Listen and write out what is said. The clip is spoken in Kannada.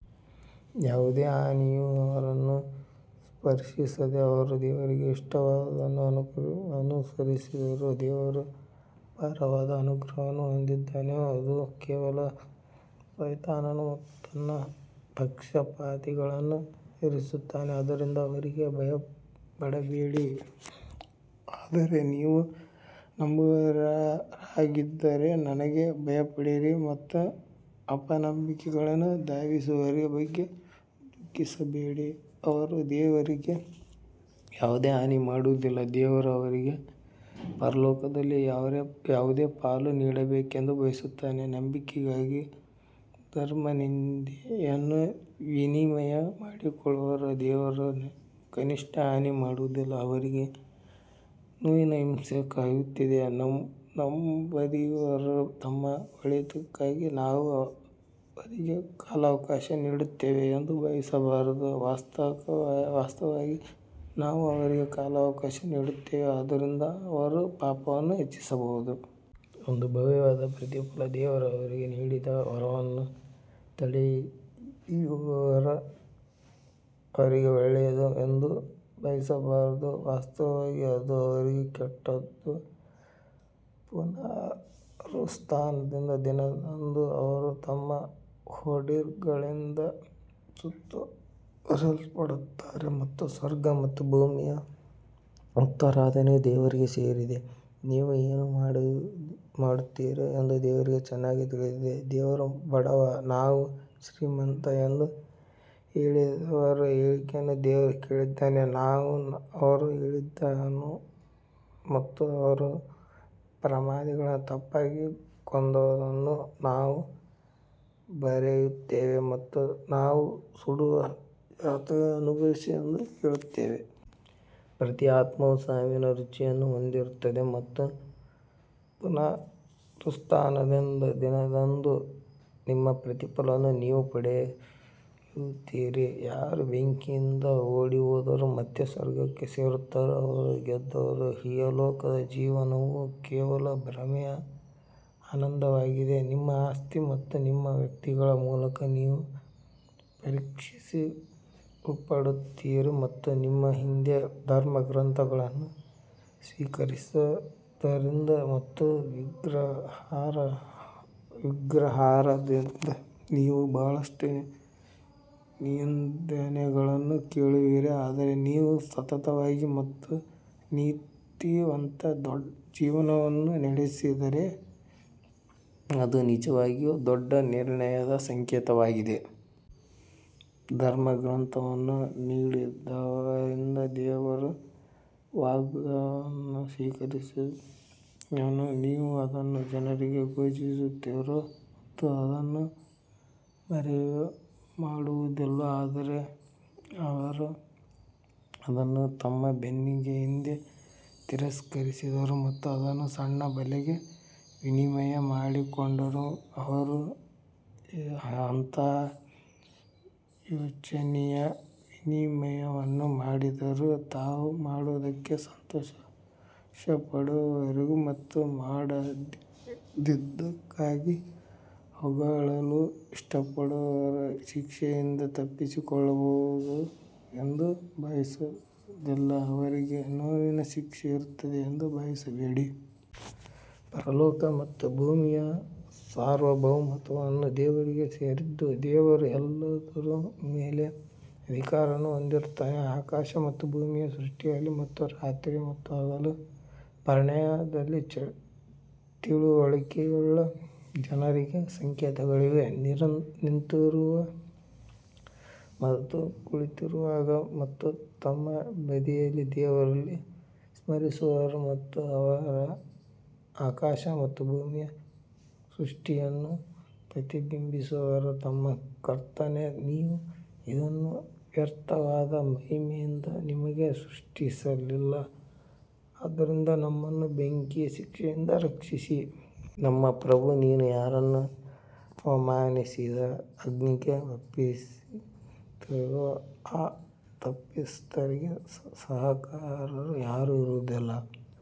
ಯಾವುದೇ ಹಾನಿಯು ಅವರನ್ನು ಸ್ಪರ್ಶಿಸದೆ ಅವರು ದೇವರಿಗೆ ಇಷ್ಟವಾದದ್ದನ್ನು ಅನುಸರಿಸಿದರು, ದೇವರು ಅಪಾರವಾದ ಅನುಗ್ರಹವನ್ನು ಹೊಂದಿದ್ದಾನೆ ಅದು ಕೇವಲ ಸೈತಾನನು ತನ್ನ ಪಕ್ಷಪಾತಿಗಳನ್ನು ಹೆದರಿಸುತ್ತಾನೆ ಆದ್ದರಿಂದ ಅವರಿಗೆ ಭಯಪಡಬೇಡಿ ಆದರೆ ನೀವು ನಂಬುವವರಾಗಿದ್ದರೆ ನನಗೆ ಭಯಪಡಿರಿ ಮತ್ತು ಅಪನಂಬಿಕೆಗೆ ಧಾವಿಸುವವರ ಬಗ್ಗೆ ದುಃಖಿಸಬೇಡಿ ಅವರು ದೇವರಿಗೆ ಯಾವುದೇ ಹಾನಿ ಮಾಡುವುದಿಲ್ಲ, ದೇವರು ಅವರಿಗೆ ಪರಲೋಕದಲ್ಲಿ ಯಾವುದೇ ಪಾಲು ನೀಡಬೇಕೆಂದು ಬಯಸುತ್ತಾನೆ ನಂಬಿಕೆಗಾಗಿ ಧರ್ಮನಿಂದೆಯನ್ನು ವಿನಿಮಯ ಮಾಡಿಕೊಳ್ಳುವವರು ದೇವರಿಗೆ ಕನಿಷ್ಠ ಹಾನಿ ಮಾಡುವುದಿಲ್ಲ, ಅವರಿಗೆ ನೋವಿನ ಹಿಂಸೆ ಕಾಯುತ್ತಿದೆ ನಂಬದಿರುವವರು ತಮ್ಮ ಒಳಿತಿಗಾಗಿ ನಾವು ಅವರಿಗೆ ಕಾಲಾವಕಾಶ ನೀಡುತ್ತೇವೆ ಎಂದು ಭಾವಿಸಬಾರದು, ವಾಸ್ತವವಾಗಿ ನಾವು ಅವರಿಗೆ ಕಾಲಾವಕಾಶ ನೀಡುತ್ತೇವೆ, ಇದರಿಂದ ಅವರು ಪಾಪವನ್ನು ಹೆಚ್ಚಿಸಬಹುದು. ಒಂದು ಭವ್ಯವಾದ ಪ್ರತಿಫಲ ದೇವರು ಅವರಿಗೆ ನೀಡಿದ ವರವನ್ನು ತಡೆಹಿಡಿಯುವವರು ಅವರಿಗೆ ಒಳ್ಳೆಯದು ಎಂದು ಭಾವಿಸಬಾರದು, ವಾಸ್ತವವಾಗಿ ಅದು ಅವರಿಗೆ ಕೆಟ್ಟದು, ಪುನರುತ್ಥಾನದ ದಿನದಂದು ಅವರು ತಮ್ಮ ಹೋರ್ಡಿಂಗ್ಗಳಿಂದ ಸುತ್ತುವರಿಯಲ್ಪಡುತ್ತಾರೆ ಮತ್ತು ಸ್ವರ್ಗ ಮತ್ತು ಭೂಮಿಯ ಉತ್ತರಾಧಿಕಾರವು ದೇವರಿಗೆ ಸೇರಿದೆ. ನೀವು ಏನು ಮಾಡುತ್ತೀರಿ ಎಂದು ದೇವರಿಗೆ ಚೆನ್ನಾಗಿ ತಿಳಿದಿದೆ ದೇವರು ಬಡವ, ನಾವು ಶ್ರೀಮಂತರು ಎಂದು ಹೇಳಿದವರ ಹೇಳಿಕೆಯನ್ನು ದೇವರು ಕೇಳಿದ್ದಾನೆ, ನಾವು ಅವರು ಹೇಳಿದ್ದನ್ನು ಮತ್ತು ಅವರು ಪ್ರವಾದಿಗಳನ್ನು ತಪ್ಪಾಗಿ ಕೊಂದದ್ದನ್ನು ನಾವು ಬರೆಯುತ್ತೇವೆ ಮತ್ತು ನಾವು ಸುಡುವ ಯಾತನೆ ಅನುಭವಿಸಿ ಎಂದು ಹೇಳುತ್ತೇವೆ. ಪ್ರತಿ ಆತ್ಮವು ಸಾವಿನ ರುಚಿಯನ್ನು ಹೊಂದಿರುತ್ತದೆ ಮತ್ತು ಪುನರುತ್ಥಾನದ ದಿನದಂದು ನಿಮ್ಮ ಪ್ರತಿಫಲವನ್ನು ನೀವು ಪಡೆಯುತ್ತೀರಿ, ಯಾರು ಬೆಂಕಿಯಿಂದ ಓಡಿಹೋದರು ಮತ್ತು ಸ್ವರ್ಗಕ್ಕೆ ಸೇರುತ್ತಾರೆ, ಅವರು ಗೆದ್ದರು ಇಹಲೋಕದ ಜೀವನವು ಕೇವಲ ಭ್ರಮೆಯ ಆನಂದವಾಗಿದೆ. ನಿಮ್ಮ ಆಸ್ತಿ ಮತ್ತು ನಿಮ್ಮ ವ್ಯಕ್ತಿಗಳ ಮೂಲಕ ನೀವು ಪರೀಕ್ಷಿಸಲ್ಪಡುತ್ತೀರಿ ಮತ್ತು ನಿಮ್ಮ ಹಿಂದೆ ಧರ್ಮಗ್ರಂಥವನ್ನು ಸ್ವೀಕರಿಸಿದವರಿಂದ ಮತ್ತು ವಿಗ್ರಹಾರಾಧಕರಿಂದ ನೀವು ಬಹಳಷ್ಟು ನಿಂದನೆಗಳನ್ನು ಕೇಳುವಿರಿ ಆದರೆ ನೀವು ಸತತವಾಗಿ ಮತ್ತು ನೀತಿವಂತ ಜೀವನವನ್ನು ನಡೆಸಿದರೆ ಅದು ನಿಜವಾಗಿಯೂ ದೊಡ್ಡ ನಿರ್ಣಯದ ಸಂಕೇತವಾಗಿದೆ. ಧರ್ಮಗ್ರಂಥವನ್ನು ನೀಡಿದವರಿಂದ ದೇವರು ವಾಗ್ದಾನವನ್ನು ಸ್ವೀಕರಿಸಿದನು, ನೀವು ಅದನ್ನು ಜನರಿಗೆ ಘೋಷಿಸುತ್ತೀರಿ ಮತ್ತು ಅದನ್ನು ಮರೆಮಾಡುವುದಿಲ್ಲ ಆದರೆ ಅವರು ಅದನ್ನು ತಮ್ಮ ಬೆನ್ನಿನ ಹಿಂದೆ ತಿರಸ್ಕರಿಸಿದರು ಮತ್ತು ಅದನ್ನು ಸಣ್ಣ ಬೆಲೆಗೆ ವಿನಿಮಯ ಮಾಡಿಕೊಂಡರು ಅವರು ಎಂತಹ ಶೋಚನೀಯ ವಿನಿಮಯವನ್ನು ಮಾಡಿದರು ತಾವು ಮಾಡಿದ್ದಕ್ಕೆ ಸಂತೋಷಪಡುವವರು ಮತ್ತು ಮಾಡದಿದ್ದಕ್ಕಾಗಿ ಹೊಗಳಲು ಇಷ್ಟಪಡುವವರು ಶಿಕ್ಷೆಯಿಂದ ತಪ್ಪಿಸಿಕೊಳ್ಳಬಹುದು ಎಂದು ಭಾವಿಸುವುದಿಲ್ಲ ಅವರಿಗೆ ನೋವಿನ ಶಿಕ್ಷೆ ಇರುತ್ತದೆ ಎಂದು ಭಾವಿಸಬೇಡಿ. ಪರಲೋಕ ಮತ್ತು ಭೂಮಿಯ ಸಾರ್ವಭೌಮತ್ವವು ದೇವರಿಗೆ ಸೇರಿದ್ದು, ದೇವರು ಎಲ್ಲದರ ಮೇಲೆ ಅಧಿಕಾರವನ್ನು ಹೊಂದಿದ್ದಾನೆ ಆಕಾಶ ಮತ್ತು ಭೂಮಿಯ ಸೃಷ್ಟಿಯಲ್ಲಿ ಮತ್ತು ರಾತ್ರಿ ಮತ್ತು ಹಗಲುಗಳ ಪರ್ಯಾಯದಲ್ಲಿ ತಿಳುವಳಿಕೆಯುಳ್ಳ ಜನರಿಗೆ ಸಂಕೇತಗಳಿವೆ. ನಿಂತಿರುವಾಗ ಮತ್ತು ಕುಳಿತಿರುವಾಗ ಮತ್ತು ತಮ್ಮ ಬದಿಗಳಲ್ಲಿ ದೇವರನ್ನು ಸ್ಮರಿಸುವವರು ಮತ್ತು ಅವರು ಆಕಾಶ ಮತ್ತು ಭೂಮಿಯ ಸೃಷ್ಟಿಯನ್ನು ಪ್ರತಿಬಿಂಬಿಸುವವರು ನಮ್ಮ ಕರ್ತನೇ, ನೀವು ಇದನ್ನು ವ್ಯರ್ಥವಾದ ಮಹಿಮೆಯಿಂದ ನಿಮಗೆ ಸೃಷ್ಟಿಸಲಿಲ್ಲ ಆದ್ದರಿಂದ ನಮ್ಮನ್ನು ಬೆಂಕಿಯ ಶಿಕ್ಷೆಯಿಂದ ರಕ್ಷಿಸಿ. ನಮ್ಮ ಪ್ರಭು ನೀನು ಯಾರನ್ನು ಅವಮಾನಿಸಿದ ಅಗ್ನಿಗೆ ಒಪ್ಪಿಸುತ್ತೀಯೋ ಆ ತಪ್ಪಿತಸ್ಥರಿಗೆ ಸಹಾಯಕರು ಯಾರೂ ಇರುವುದಿಲ್ಲ.